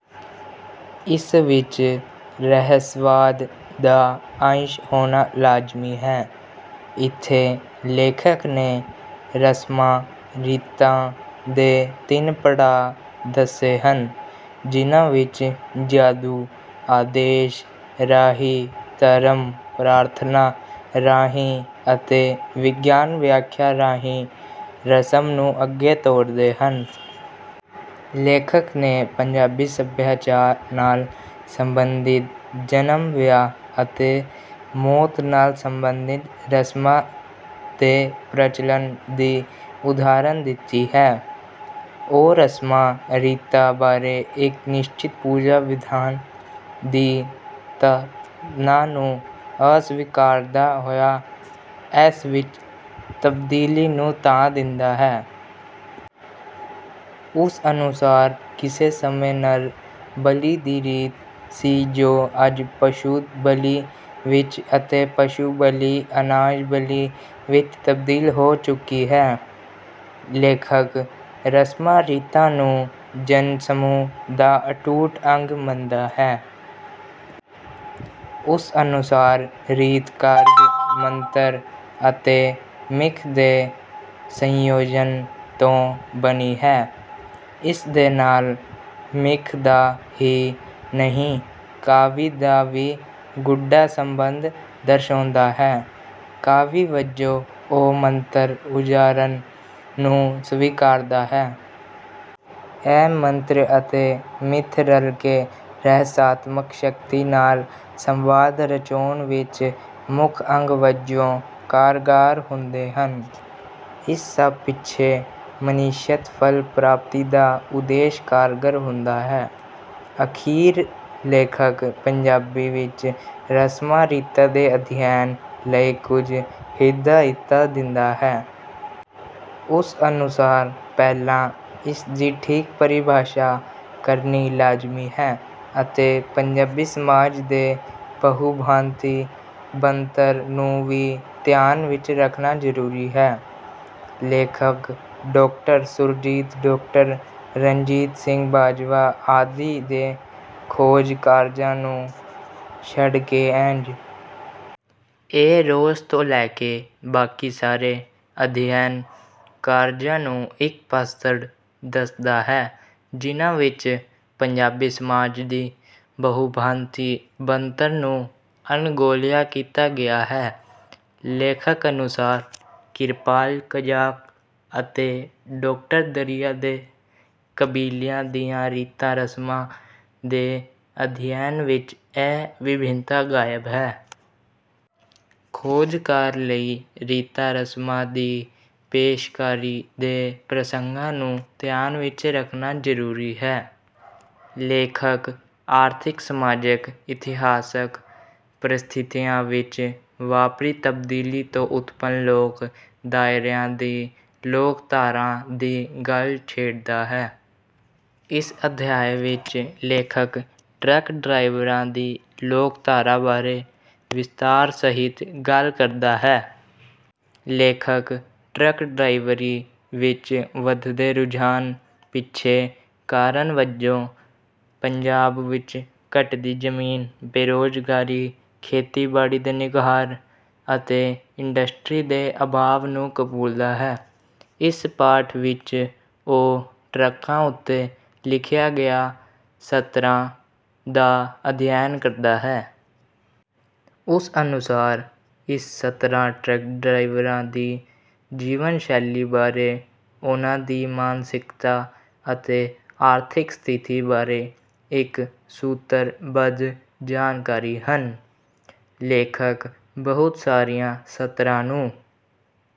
ਇਸ ਵਿੱਚ ਰਹੱਸਵਾਦ ਦਾ ਅੰਸ਼ ਹੋਣਾ ਲਾਜ਼ਮੀ ਹੈ। ਇੱਥੇ ਲੇਖਕ ਨੇ ਰਸਮਾਂ ਰੀਤਾਂ ਦੇ ਤਿੰਨ ਪੜਾਅ ਦੱਸੇ ਹਨ ਜਿਨ੍ਹਾਂ ਵਿੱਚ ਜਾਦੂ ਆਦੇਸ਼ ਰਾਹੀਂ ਧਰਮ ਪ੍ਰਾਰਥਨਾ ਰਾਹੀਂ ਅਤੇ ਵਿਗਿਆਨ ਵਿਆਖਿਆ ਰਾਹੀਂ ਰਸਮ ਨੂੰ ਅੱਗੇ ਤੋਰਦੇ ਹਨ। ਲੇਖਕ ਨੇ ਪੰਜਾਬੀ ਸੱਭਿਆਚਾਰ ਨਾਲ ਸੰਬੰਧਿਤ ਜਨਮ ਵਿਆਹ ਅਤੇ ਮੌਤ ਨਾਲ ਸਬੰਧਿਤ ਰਸਮਾਂ ਦੇ ਪ੍ਰਚਲਨ ਦੀ ਉਦਾਹਰਨ ਦਿੱਤੀ ਹੈ। ਉਹ ਰਸਮਾਂ ਰੀਤਾਂ ਬਾਰੇ ਇੱਕ ਨਿਸ਼ਚਿਤ ਪੂਜਾ ਵਿਧਾਨ ਦੀ ਧਾਰਨਾ ਨੂੰ ਅਸਵੀਕਾਰਦਾ ਹੋਇਆ ਇਸ ਵਿੱਚ ਤਬਦੀਲੀ ਨੂੰ ਥਾਂ ਦਿੰਦਾ ਹੈ। ਉਸ ਅਨੁਸਾਰ ਕਿਸੇ ਸਮੇਂ ਨਰ ਬਲੀ ਦੀ ਰੀਤ ਸੀ ਜੋ ਅੱਜ ਪਸ਼ੂ ਬਲੀ ਵਿੱਚ ਅਤੇ ਪਸ਼ੂ ਬਲੀ ਅਨਾਜ ਬਲੀ ਵਿੱਚ ਤਬਦੀਲ ਹੋ ਚੁੱਕੀ ਹੈ। ਲੇਖਕ ਰਸਮਾਂ ਰੀਤਾਂ ਨੂੰ ਜਨਸਮੂਹ ਦਾ ਅਟੁੱਟ ਅੰਗ ਮੰਨਦਾ ਹੈ। ਉਸ ਅਨੁਸਾਰ ਰੀਤ ਕਾਰਜ ਮੰਤਰ ਅਤੇ ਮਿੱਥ ਦੇ ਸੰਯੋਜਨ ਤੋਂ ਬਣੀ ਹੈ। ਇਸ ਦੇ ਨਾਲ ਮਿੱਥ ਦਾ ਹੀ ਨਹੀਂ ਕਾਵਿ ਦਾ ਵੀ ਗੂੜ੍ਹਾ ਸੰਬੰਧ ਦਰਸਾਉਂਦਾ ਹੈ। ਕਾਵਿ ਵਜੋਂ ਉਹ ਮੰਤਰ ਉਚਾਰਨ ਨੂੰ ਸਵੀਕਾਰਦਾ ਹੈ। ਇਹ ਮੰਤਰ ਅਤੇ ਮਿੱਥ ਰਲਕੇ ਰਹੱਸਾਤਮਕ ਸ਼ਕਤੀ ਨਾਲ ਸੰਵਾਦ ਰਚਾਉਣ ਵਿੱਚ ਮੁੱਖ ਅੰਗ ਵਜੋਂ ਕਾਰਗਾਰ ਹੁੰਦੇ ਹਨ। ਇਸ ਸਭ ਪਿੱਛੇ ਮਨਇੱਛਤ ਫਲ ਪ੍ਰਾਪਤੀ ਦਾ ਉਦੇਸ਼ ਕਾਰਗਰ ਹੁੰਦਾ ਹੈ। ਅਖੀਰ ਲੇਖਕ ਪੰਜਾਬੀ ਵਿੱਚ ਰਸਮਾਂ ਰੀਤਾਂ ਦੇ ਅਧਿਐਨ ਲਈ ਕੁਝ ਹਿਦਾਇਤਾਂ ਦਿੰਦਾ ਹੈ। ਉਸ ਅਨੁਸਾਰ ਪਹਿਲਾਂ ਇਸ ਦੀ ਠੀਕ ਪਰਿਭਾਸ਼ਾ ਕਰਨੀ ਲਾਜ਼ਮੀ ਹੈ ਅਤੇ ਪੰਜਾਬੀ ਸਮਾਜ ਦੇ ਬਹੁਭਾਂਤੀ ਬਣਤਰ ਨੂੰ ਵੀ ਧਿਆਨ ਵਿੱਚ ਰੱਖਣਾ ਜ਼ਰੂਰੀ ਹੈ। ਲੇਖਕ ਡਾਕਟਰ ਸੁਰਜੀਤ ਡਾਕਟਰ ਰਣਜੀਤ ਸਿੰਘ ਬਾਜਵਾ ਆਦਿ ਦੇ ਖੋਜ ਕਾਰਜਾਂ ਨੂੰ ਛੱਡਕੇ ਐੱਚ. ਏ. ਰੋਜ਼ ਤੋਂ ਲੈਕੇ ਬਾਕੀ ਸਾਰੇ ਅਧਿਐਨ ਕਾਰਜਾਂ ਨੂੰ ਇੱਕ ਪਾਸੜ ਦੱਸਦਾ ਹੈ ਜਿਨ੍ਹਾਂ ਵਿੱਚ ਪੰਜਾਬੀ ਸਮਾਜ ਦੀ ਬਹੁਭਾਂਤੀ ਬਣਤਰ ਨੂੰ ਅਣਗੌਲਿਆ ਕੀਤਾ ਗਿਆ ਹੈ। ਲੇਖਕ ਅਨੁਸਾਰ ਕਿਰਪਾਲ ਕਜ਼ਾਕ ਅਤੇ ਡਾਕਟਰ ਦਰਿਆ ਦੇ ਕਬੀਲਿਆਂ ਦੀਆਂ ਰੀਤਾਂ ਰਸਮਾਂ ਦੇ ਅਧਿਐਨ ਵਿੱਚ ਵੀ ਇਹ ਵਿਭਿੰਨਤਾ ਗਾਇਬ ਹੈ। ਖੋਜਕਾਰ ਲਈ ਰੀਤਾਂ ਰਸਮਾਂ ਦੀ ਪੇਸ਼ਕਾਰੀ ਦੇ ਪ੍ਰਸੰਗਾਂ ਨੂੰ ਧਿਆਨ ਵਿੱਚ ਰੱਖਣਾ ਜ਼ਰੂਰੀ ਹੈ। ਲੇਖਕ ਆਰਥਿਕ ਸਮਾਜਕ ਇਤਿਹਾਸਕ ਪਰਿਸਥਿਤੀਆਂ ਵਿੱਚ ਵਾਪਰੀ ਤਬਦੀਲੀ ਤੋਂ ਉਤਪੰਨ ਲੋਕ ਦਾਇਰਿਆਂ ਦੀ ਲੋਕਧਾਰਾ ਦੀ ਗੱਲ ਛੇੜਦਾ ਹੈ। ਇਸ ਅਧਿਆਇ ਵਿੱਚ ਲੇਖਕ ਟਰੱਕ ਡਰਾਈਵਰਾਂ ਦੀ ਲੋਕਧਾਰਾ ਬਾਰੇ ਵਿਸਤਾਰ ਸਹਿਤ ਗੱਲ ਕਰਦਾ ਹੈ। ਲੇਖਕ ਟਰੱਕ ਡਰਾਈਵਰੀ ਵਿੱਚ ਵਧਦੇ ਰੁਝਾਨ ਪਿੱਛੇ ਕਾਰਨ ਵਜੋਂ ਪੰਜਾਬ ਵਿੱਚ ਘਟਦੀ ਜ਼ਮੀਨ ਬੇਰੋਜ਼ਗਾਰੀ ਖੇਤੀਬਾੜੀ ਦੇ ਨਿਘਾਰ ਅਤੇ ਇੰਡਸਟਰੀ ਦੇ ਅਭਾਵ ਨੂੰ ਕਬੂਲਦਾ ਹੈ। ਇਸ ਪਾਠ ਵਿੱਚ ਉਹ ਟਰੱਕਾਂ ਉੱਤੇ ਲਿਖੀਆਂ ਗਈਆਂ ਸਤਰਾਂ ਦਾ ਅਧਿਐਨ ਕਰਦਾ ਹੈ। ਉਸ ਅਨੁਸਾਰ ਇਹ ਸਤਰਾਂ ਟਰੱਕ ਡਰਾਈਵਰਾਂ ਦੀ ਜੀਵਨ ਸ਼ੈਲੀ ਬਾਰੇ ਉਨ੍ਹਾਂ ਦੀ ਮਾਨਸਿਕਤਾ ਅਤੇ ਆਰਥਿਕ ਸਥਿਤੀ ਬਾਰੇ ਇੱਕ ਸੂਤਰ ਬੱਧ ਜਾਣਕਾਰੀ ਹਨ। ਲੇਖਕ ਬਹੁਤ ਸਾਰੀਆਂ ਸਤਰਾਂ ਨੂੰ